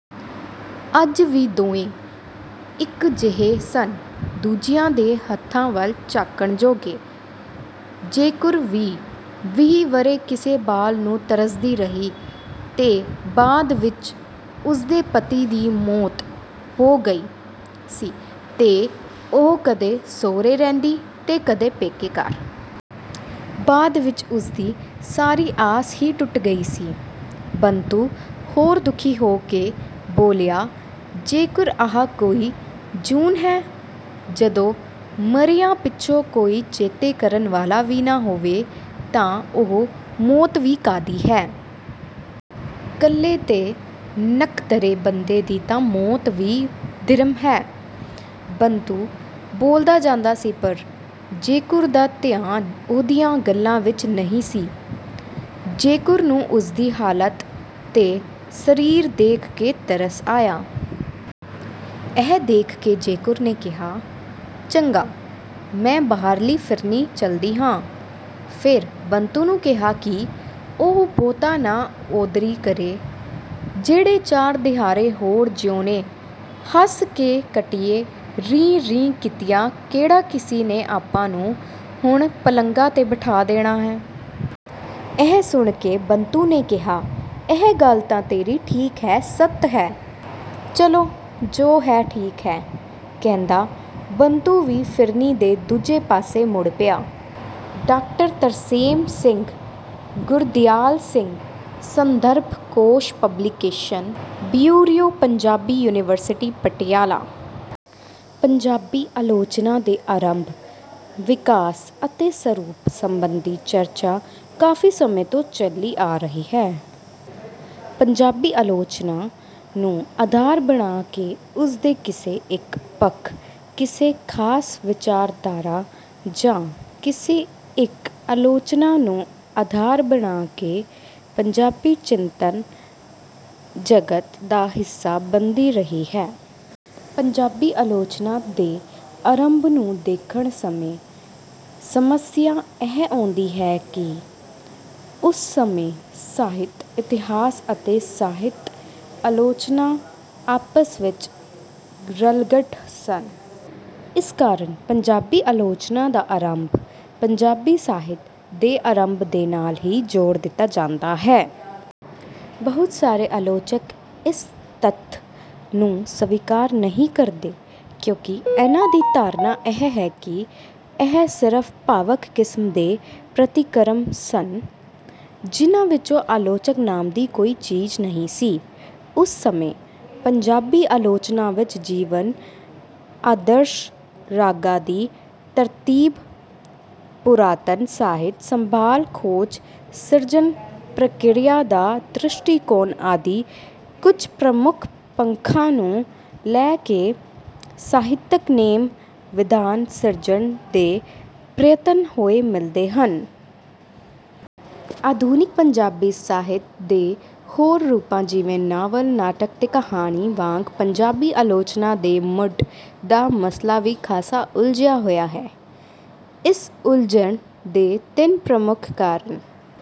ਅੱਜ ਵੀ ਦੋਏਂ ਇੱਕ ਜਿਹੇ ਸਨ ਦੂਜਿਆ ਦੇ ਹੱਥਾਂ ਵੱਲ ਝਾਕਣ ਜੋਗੇ। ਜੈਕੁਰ ਵੀ ਵੀਹ ਵਰ੍ਹੇ ਕਿਸੇ ਬਾਲ ਨੂੰ ਤਰਸਦੀ ਰਹੀ ਤੇ ਬਾਅਦ ਵਿੱਚ ਉਸਦੇ ਪਤੀ ਦੀ ਮੌਤ ਹੋ ਗਈ ਸੀ ਤੇ ਉਹ ਕਦੇ ਸਹੁਰੇ ਰਹਿੰਦੀ ਤੇ ਕਦੀ ਪੇਕੇ ਘਰ। ਬਾਅਦ ਵਿੱਚ ਉਸਦੀ ਸਾਰੀ ਆਸ ਹੀ ਟੁੱਟ ਗਈ ਸੀ। ਬੰਤੂ ਹੋਰ ਦੁੱਖੀ ਹੋ ਕੇ ਬੋਲਿਆ ਜੈਕੁਰ ਆਹ ਕੋਈ ਜੂਨ ਹੈ। ਜਦੋਂ ਮਰਿਆਂ ਪਿੱਛੋਂ ਕੋਈ ਚੇਤੇ ਕਰਨ ਵਾਲਾ ਵੀ ਨਾ ਹੋਵੇ ਤਾਂ ਉਹ ਮੌਤ ਵੀ ਕਾਹਦੀ ਹੈ। ਕੱਲੇ ਤੇ ਨਕਦਰੇ ਬੰਦੇ ਦੀ ਤਾਂ ਮੌਤ ਵੀ ਧਿਰਮ ਹੈ। ਬੰਤੂ ਬੋਲਦਾ ਜਾਂਦਾ ਸੀ ਪਰ ਜੈਕੁਰ ਦਾ ਧਿਆਨ ਉਹਦੀਆਂ ਗੱਲਾਂ ਵਿੱਚ ਨਹੀਂ ਸੀ। ਜੈਕੁਰ ਨੂੰ ਉਸਦੀ ਹਾਲਤ ਤੇ ਸਰੀਰ ਦੇਖ ਕੇ ਤਰਸ ਆਇਆ। ਇਹ ਦੇਖ ਕੇ ਜੈਕੁਰ ਨੇ ਕਿਹਾ ਚੰਗਾ ਮੈਂ ਬਾਹਰਲੀ ਫਿਰਨੀ ਚਲਦੀ ਹਾਂ। ਫਿਰ ਬੰਤੂ ਨੂੰ ਕਿਹਾ ਕਿ ਉਹ ਬਹੁਤਾ ਨਾ ਉਦਰੀ ਕਰੇ। ਜਿਹੜੇ ਚਾਰ ਦਿਹਾੜੇ ਹੋਰ ਜੀਉਣੇ ਹੱਸ ਕੇ ਕੱਟੀਏ ਰੀਂ ਰੀਂ ਕੀਤੀਆਂ ਕਿਹੜਾ ਕਿਸੇ ਨੇ ਆਪਾਂ ਨੂੰ ਹੁਣ ਪਲੰਘਾਂ ਤੇ ਬਠਾ ਦੇਣਾ ਹੈ। ਇਹ ਸੁਣ ਕੇ ਬੰਤੂ ਨੇ ਕਿਹਾ ਇਹ ਗੱਲ ਤਾਂ ਤੇਰੀ ਠੀਕ ਹੈ। ਸੱਤ ਹੈ। ਚੱਲੋ ਜੋ ਹੈ ਠੀਕ ਹੈ। ਕਹਿੰਦਾ ਬੰਤੂ ਵੀ ਫਿਰਨੀ ਦੇ ਦੂਜੇ ਪਾਸੇ ਮੁੜ ਪਿਆ। ਡਾਕਟਰ ਤਰਸੇਮ ਸਿੰਘ ਗੁਰਦਿਆਲ ਸਿੰਘ ਸੰਦਰਭ ਕੋਸ਼ publication bureau Punjabi university Patiala. Punjabi ਆਲੋਚਨਾ ਦੇ ਆਰੰਭ ਵਿਕਾਸ ਅਤੇ ਸਰੂਪ ਸੰਬੰਧੀ ਚਰਚਾ ਕਾਫ਼ੀ ਸਮੇਂ ਤੋਂ ਚੱਲੀ ਆ ਰਹੀ ਹੈ। ਪੰਜਾਬੀ ਆਲੋਚਨਾ ਨੂੰ ਆਧਾਰ ਬਣਾ ਕੇ ਉਸਦੇ ਕਿਸੇ ਇੱਕ ਪੱਖ ਕਿਸੇ ਖਾਸ ਵਿਚਾਰਧਾਰਾ ਜਾਂ ਕਿਸੇ ਇੱਕ ਆਲੋਚਨਾ ਨੂੰ ਆਧਾਰ ਬਣਾ ਕੇ ਪੰਜਾਬੀ ਚਿੰਤਨ ਜਗਤ ਦਾ ਹਿੱਸਾ ਬਣਦੀ ਰਹੀ ਹੈ। ਪੰਜਾਬੀ ਆਲੋਚਨਾ ਦੇ ਆਰੰਭ ਨੂੰ ਦੇਖਣ ਸਮੇਂ ਸਮੱਸਿਆ ਇਹ ਆਉਂਦੀ ਹੈ ਕਿ ਉਸ ਸਮੇਂ ਸਾਹਿਤ ਇਤਿਹਾਸ ਅਤੇ ਸਾਹਿਤ ਆਲੋਚਨਾ ਆਪਸ ਵਿੱਚ ਰਲਗੱਡ ਸਨ। ਇਸ ਕਾਰਨ ਪੰਜਾਬੀ ਆਲੋਚਨਾ ਦਾ ਆਰੰਭ ਪੰਜਾਬੀ ਸਾਹਿਤ ਦੇ ਆਰੰਭ ਦੇ ਨਾਲ ਹੀ ਜੋੜ ਦਿੱਤਾ ਜਾਂਦਾ ਹੈ। ਬਹੁਤ ਸਾਰੇ ਆਲੋਚਕ ਇਸ ਤੱਥ ਨੂੰ ਸਵੀਕਾਰ ਨਹੀਂ ਕਰਦੇ ਕਿਉਂਕਿ ਇਨ੍ਹਾਂ ਦੀ ਧਾਰਨਾ ਇਹ ਹੈ ਕਿ ਇਹ ਸਿਰਫ ਭਾਵਕ ਕਿਸਮ ਦੇ ਪ੍ਰਤਿਕਰਮ ਸਨ। ਜਿਨ੍ਹਾਂ ਵਿੱਚੋਂ ਆਲੋਚਕ ਨਾਮ ਦੀ ਕੋਈ ਚੀਜ਼ ਨਹੀਂ ਸੀ। ਉਸ ਸਮੇਂ ਪੰਜਾਬੀ ਆਲੋਚਨਾ ਵਿੱਚ ਜੀਵਨ ਆਦਰਸ਼ ਰਾਗਾਂ ਦੀ ਤਰਤੀਬ ਪੁਰਾਤਨ ਸਾਹਿਤ ਸੰਭਾਲ ਖੋਜ ਸਿਰਜਣ ਪ੍ਰਕਿਰਿਆ ਦਾ ਦ੍ਰਿਸ਼ਟੀਕੋਣ ਆਦਿ ਕੁੱਝ ਪ੍ਰਮੁੱਖ ਪੱਖਾਂ ਨੂੰ ਲੈ ਕੇ ਸਾਹਿਤਕ ਨੇਮ ਵਿਧਾਨ ਸਿਰਜਣ ਦੇ ਪ੍ਰਯਤਨ ਹੋਏ ਮਿਲਦੇ ਹਨ। ਆਧੁਨਿਕ ਪੰਜਾਬੀ ਸਾਹਿਤ ਦੇ ਹੋਰ ਰੂਪਾਂ ਜਿਵੇਂ ਨਾਵਲ ਨਾਟਕ ਤੇ ਕਹਾਣੀ ਵਾਂਗ ਪੰਜਾਬੀ ਆਲੋਚਨਾ ਦੇ ਮੁੱਢ ਦਾ ਮਸਲਾ ਵੀ ਖਾਸਾ ਉਲਝਿਆ ਹੋਇਆ ਹੈ। ਇਸ ਉਲਝਣ ਦੇ ਤਿੰਨ ਪ੍ਰਮੁੱਖ ਕਾਰਨ